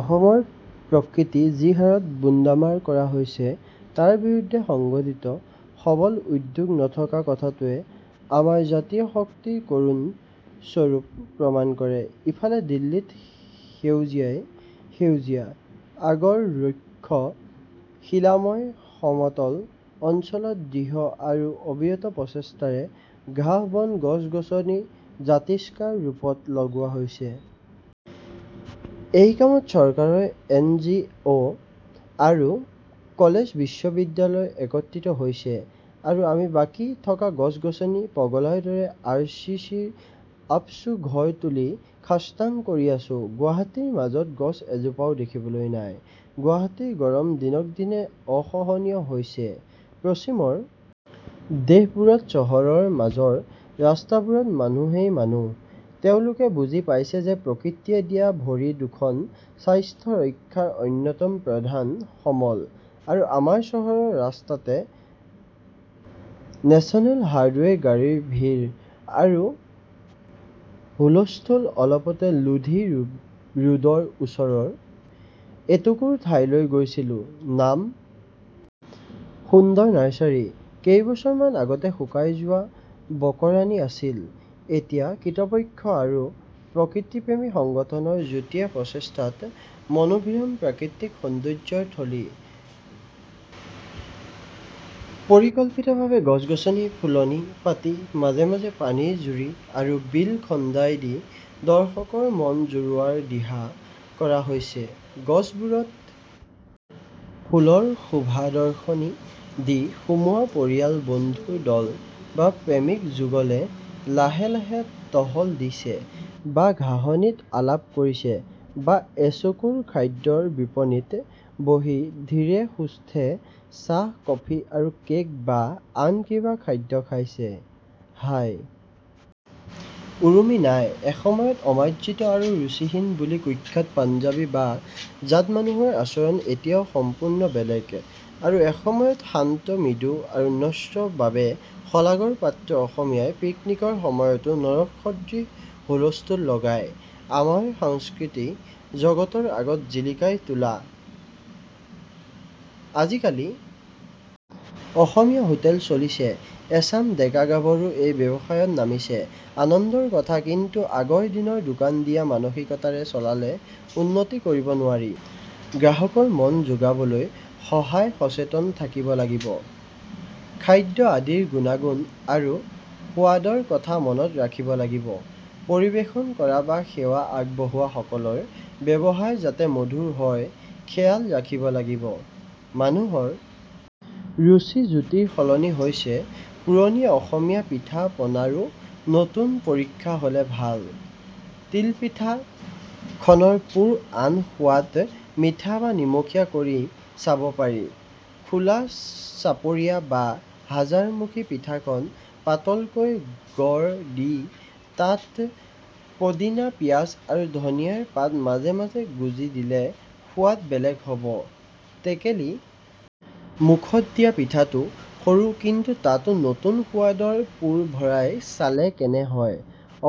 অসমত প্ৰকৃতি যি হাৰত বুন্দামাৰ কৰা হৈছে তাৰ বিৰুদ্ধে সংগঠিত সবল উদ্যোগ নথকা কথাটোৱে আমাৰ জাতীয় শক্তিৰ কৰুণ স্বৰূপ প্ৰমাণ কৰে। ইফালে দিল্লীত সেউজীয়াই সেউজীয়া আগৰ ৰুক্ষ শিলাময় সমতল অঞ্চলত দৃঢ় আৰু অবিৰত প্ৰচেষ্টাৰে ঘাঁহ-বন গছ-গছনি জাতিষ্কাৰ ৰূপত লগোৱা হৈছে। এই কামত চৰকাৰ এন জি অ আৰু কলেজ বিশ্ববিদ্যালয় একত্ৰিত হৈছে আৰু আমি বাকী থকা গছ-গছনি পগলাৰ দৰে আৰ চি চিৰ আপচু ঘৰ তুলি খাস্তাং কৰি আছোঁ। গুৱাহাটীৰ মাজত গছ এজোপাও দেখিবলৈ নাই। গুৱাহাটীৰ গৰম দিনক দিনে অসহনীয় হৈছে। পশ্চিমৰ দেশবোৰত চহৰৰ মাজৰ ৰাস্তাবোৰত মানুহেই মানুহ। তেওঁলোকে বুজি পাইছে যে প্ৰকৃতিয়ে দিয়া ভৰি দুখন স্বাস্থ্য ৰক্ষাৰ অন্যতম প্ৰধান সমল আৰু আমাৰ চহৰৰ ৰাস্তাতে নেশ্যনেল হাইৱেইৰ গাড়ীৰ ভিৰ আৰু হুল-স্থুল অলপতে লোধী ৰোডৰ ওচৰৰ এটুকুৰ ঠাইলৈ গৈছিলো। নাম সুন্দৰ নাৰ্ছাৰি কেইবছৰমান আগতে শুকাই যোৱা বকৰাণি আছিল। এতিয়া কৰ্তৃপক্ষ আৰু প্ৰকৃতিপ্ৰেমী সংগঠনৰ যুটিয়া প্ৰচেষ্টাত মনোভিৰাম প্ৰাকৃতিক সৌন্দৰ্যৰ থলি পৰিকল্পিতভাবে গছ-গছনি ফুলনি পাতি মাজে মাজে পানীৰ জুৰি আৰু বিল খন্দাই দি দৰ্শকৰ মন জুৰোৱাৰ দিহা কৰা হৈছে। গছবোৰত ফুলৰ শোভাদৰ্শনী দি সোমোৱা পৰিয়াল বন্ধুৰ দল বা প্ৰেমিক যুগলে লাহে লাহে টহল দিছে বা ঘাঁহনিত আলাপ কৰিছে বা এচুকৰ খাদ্যৰ বিপণিত বহি ধীৰে সুস্থে চাহ-কফি আৰু কেক বা আন কিবা খাদ্য খাইছে। হাই উৰুমি নাই। এসময়ত অমাৰ্জিত আৰু ৰুচিহীন বুলি কুখ্যাত পাঞ্জাবী বা জাট মানুহৰ আচৰণ এতিয়া সম্পূৰ্ণ বেলেগ আৰু এসময়ত শান্ত মৃদু আৰু নম্ৰ বাবে শলাগৰ পাত্ৰ অসমীয়াই পিকনিকৰ সময়তো নৰক সদৃশ হুলস্থুল লগাই আমাৰ সংস্কৃতি জগতৰ আগত জিলিকাই তোলো। আজিকালি অসমীয়া হোটেল চলিছে। এচাম ডেকাগাভৰু এই ব্যৱসায়ত নামিছে। আনন্দৰ কথা কিন্তু আগৰ দিনৰ দোকান দিয়া মানসিকতাৰে চলালে উন্নতি কৰিব নোৱাৰিব। গ্ৰাহকৰ মন যোগাবলৈ সদায় সচেতন থাকিব লাগিব। খাদ্য আদিৰ গুণা-গুণ আৰু সোৱাদৰ কথা মনত ৰাখিব লাগিব। পৰিবেশন কৰা বা সেৱা আগবঢ়োৱা সকলৰ ব্যৱহাৰ যাতে মধুৰ হয় খেয়াল ৰাখিব লাগিব ।মানুহৰ ৰুচি জুতিৰ সলনি হৈছে। পুৰণি অসমীয়া পিঠা-পনাৰো নতুন পৰীক্ষা হ'লে ভাল ।তিলপিঠা খনৰ পুৰ আন সোৱাদ মিঠা বা নিমখীয়া কৰি চাব পাৰি। খোলা চাপৰিয়া বা হাজাৰ মুখী পিঠাখন পাতলকৈ গঢ় দি তাত পদিনা পিয়াজ আৰু ধনিয়াৰ পাত মাজে মাজে গুজি দিলে সোৱাদ বেলেগ হ'ব। টেকেলি মুখত দিয়া পিঠাটো সৰু কৰি তাতো নতুন সোৱাদৰ পুৰ ভৰাই চালে কেনে হয়?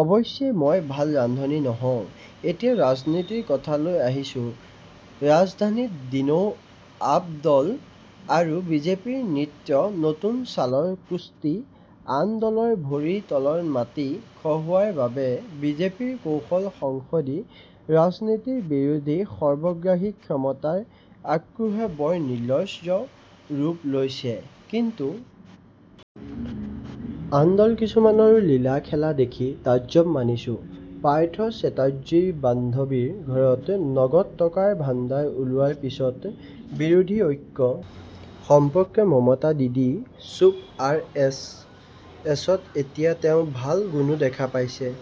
অৱশ্যে মই ভাল ৰান্ধনী নহওঁ। এতিয়া ৰাজনীতিৰ কথা লৈ আহিছোঁ। ৰাজধানীত দিনৌ আপ দল আৰু বিজেপিৰ নিত্য নতুন চালৰ কুস্তি আন দলৰ ভৰিৰ তলৰ মাটি খহোৱাৰ বাবে বিজেপিৰ কৌশল সংসদী ৰাজনীতিৰ বিৰোধী সৰ্বগ্ৰাসী ক্ষমতাৰ আক্ৰোহে বৰ নিৰ্লজ্জ ৰূপ লৈছে। কিন্তু আন দল কিছুমানৰো লীলা-খেলা দেখি তাজ্জব মানিছো। পাৰ্থ চেটাৰ্জীৰ বান্ধবীৰ ঘৰত নগদ টকাৰ ভাণ্ডাৰ ওলোৱাৰ পিছত বিৰোধী ঐক্য সম্পৰ্কে মমতা দিদি চুপ আৰ এছ এছত এতিয়া তেওঁ ভাল গুণো দেখা পাইছে।